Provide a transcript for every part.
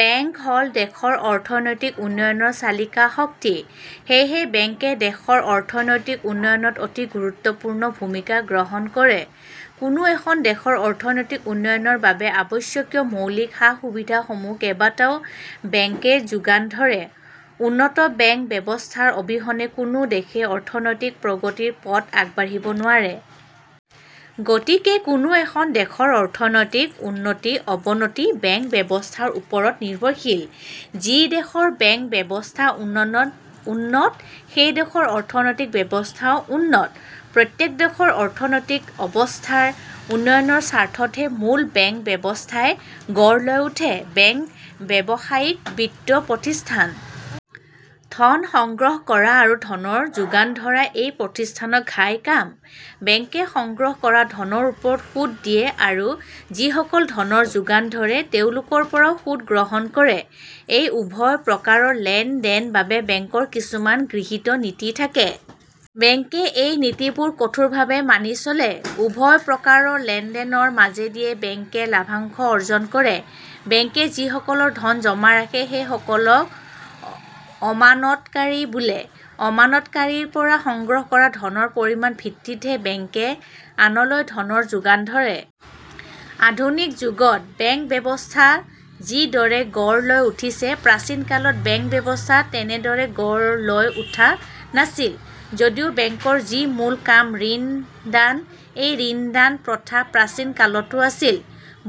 Bank হ'ল দেশৰ অৰ্থনৈতিক উন্নয়নৰ চালিকা শক্তি। সেয়ে বেংকে দেশৰ অৰ্থনৈতিক উন্নয়নত অতি গুৰুত্বপূৰ্ণ ভূমিকা গ্ৰহণ কৰে। কোনো এখন দেশৰ অৰ্থনৈতিক উন্নয়নৰ বাবে আৱশ্যকীয় মৌলিক সা-সুবিধাসমূহৰ কেবাটাও বেংকে যোগান ধৰে। উন্নত বেংক ব্যৱস্থাৰ অবিহনে কোনো দেশেই অৰ্থনৈতিক প্ৰগতিৰ পথত আগবাঢ়িব নোৱাৰে। গতিকে কোনো এখন দেশৰ অৰ্থনৈতিক উন্নতি-অৱনতি বেংক ব্যৱস্থাৰ ওপৰত নিৰ্ভৰশীল। যি দেশৰ বেংক-ব্যৱস্থা উন্নত সেই দেশৰ অৰ্থনৈতিক অৱস্থাও উন্নত। প্ৰত্যেক দেশৰ অৰ্থনৈতিক অৱস্থাৰ উন্নয়নৰ স্বাৰ্থতে মূলতঃ বেংক ব্যৱস্থাই গঢ় লৈ উঠে। বেংক ব্যৱসায়িক বিত্তীয় প্ৰতিষ্ঠান। ধন সংগ্ৰহ কৰা আৰু ধনৰ যোগান ধৰাই এই প্ৰতিষ্ঠানৰ ঘাই কাম। বেংকে সংগ্ৰহ কৰা ধনৰ ওপৰত সুদ দিয়ে আৰু যিসকলক ধনৰ যোগান ধৰে তেওঁলোকৰপৰাও সুদ গ্ৰহণ কৰে। এই উভয় প্ৰকাৰৰ লেন-দেনৰ বাবে বেংকৰ কিছুমান গৃহীত নীতি থাকে। বেংকে এই নীতিবোৰ কঠোৰভাৱে মানি চলে। উভয় প্ৰকাৰৰ লেন-দেনৰ মাজেদিয়ে বেংকে লভ্যাংশ অৰ্জন কৰে। বেংকে যিসকলৰ ধন জমা ৰাখে সেইসকলক আমানতকাৰী বোলে। আমানতকাৰীৰপৰা সংগ্ৰহ কৰা ধনৰ পৰিমাণৰ ভিত্তিতহে বেংকে আনলৈ ধনৰ যোগান ধৰে। আধুনিক যুগত বেংক ব্যৱস্থা যিদৰে গঢ় লৈ উঠিছে প্ৰাচীন কালত বেংক ব্যৱস্থা তেনেদৰে গঢ় লৈ উঠা নাছিল যদিও বেংকৰ যি মূল কাম ঋণদান, এই ঋণদান প্ৰথা প্ৰাচীন কালতো আছিল।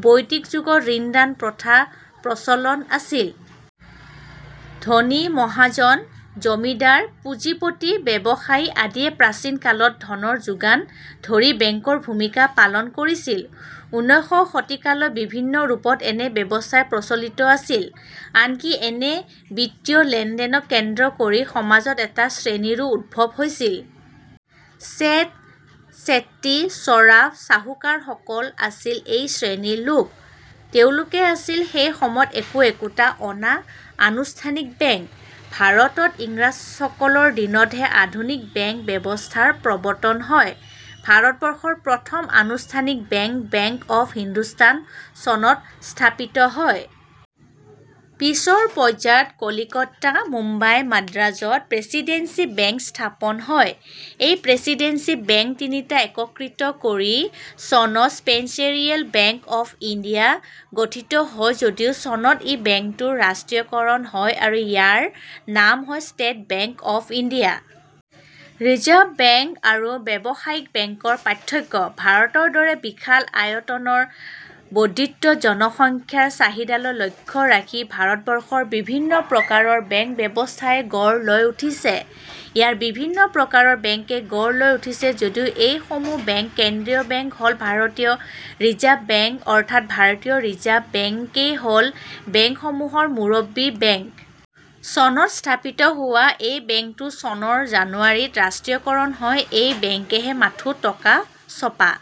বৈদিক যুগতো ঋণদান প্ৰথাৰ প্ৰচলন আছিল। ধনী মহাজন, জমিদাৰ, পুঁজিপতি, ব্যৱসায়ী আদিয়ে প্ৰাচীন কালত ধনৰ যোগান ধৰি বেংকৰ ভূমিকা পালন কৰিছিল। ঊনৈশ শতিকালৈ বিভিন্ন ৰূপত এনে ব্যৱস্থাই প্ৰচলিত আছিল। আনকি এনে বিত্তীয় লেন-দেনক কেন্দ্ৰ কৰি সমাজত এটা শ্ৰেণীৰো উদ্ভৱ হৈছিল। শেঠ, শেট্টি, চৰাফ, চাহুকাৰসকল আছিল এই শ্ৰেণীৰ লোক। এওঁলোকে আছিল সেই সময়ত একো একোটা অনা- আনুষ্ঠানিক বেংক। ভাৰতত ইংৰাজসকলৰ দিনতহে আধুনিক বেংক ব্যৱস্থাৰ প্ৰৱৰ্তন হয়। ভাৰতবৰ্ষৰ প্ৰথম আনুষ্ঠানিক বেংক "বেংক অব্ হিন্দুস্থান" চনত স্থাপিত হয়। পিছৰ পৰ্যায়ত কলিকতা, বোম্বাই, মাদ্ৰাজ -ত প্ৰেছিডেন্সি বেংক স্থাপন হয়। এই প্ৰেছিডেন্সি বেংক তিনিটা একত্ৰিত কৰি চনত ইম্পেৰিয়েল বেংক অব্ ইণ্ডিয়া গঠিত হয় যদিও চনত ই বেংকটোৰ ৰাষ্ট্ৰীয়কৰণ হয় আৰু ইয়াৰ নাম হয় State Bank of India. Reserve Bank আৰু ব্যৱসায়িক বেংকৰ পাৰ্থক্য – ভাৰতৰ দৰে বিশাল আয়তনৰ বৰ্দ্ধিত জনসংখ্যাৰ চাহিদালৈ লক্ষ্য ৰাখি ভাৰতবৰ্ষত বিভিন্ন প্ৰকাৰৰ বেংক ব্যৱস্থাই গঢ় লৈ উঠিছে। ইয়াত বিভিন্ন প্ৰকাৰৰ বেংকে গঢ় লৈ উঠিছে যদিও এই সমূহ বেংক কেন্দ্ৰীয় বেংক হ'ল ভাৰতীয় ৰিজাৰ্ভ বেংক অৰ্থাৎ ভাৰতীয় ৰিজাৰ্ভ বেংকেই হ'ল বেংকসমূহৰ মুৰব্বী বেংক। চনত স্থাপিত হোৱা এই বেংকটো চনৰ জানুৱাৰীত ৰাষ্ট্ৰীয়কৰণ হয়। এই বেংকেহে মাথো টকা ছপা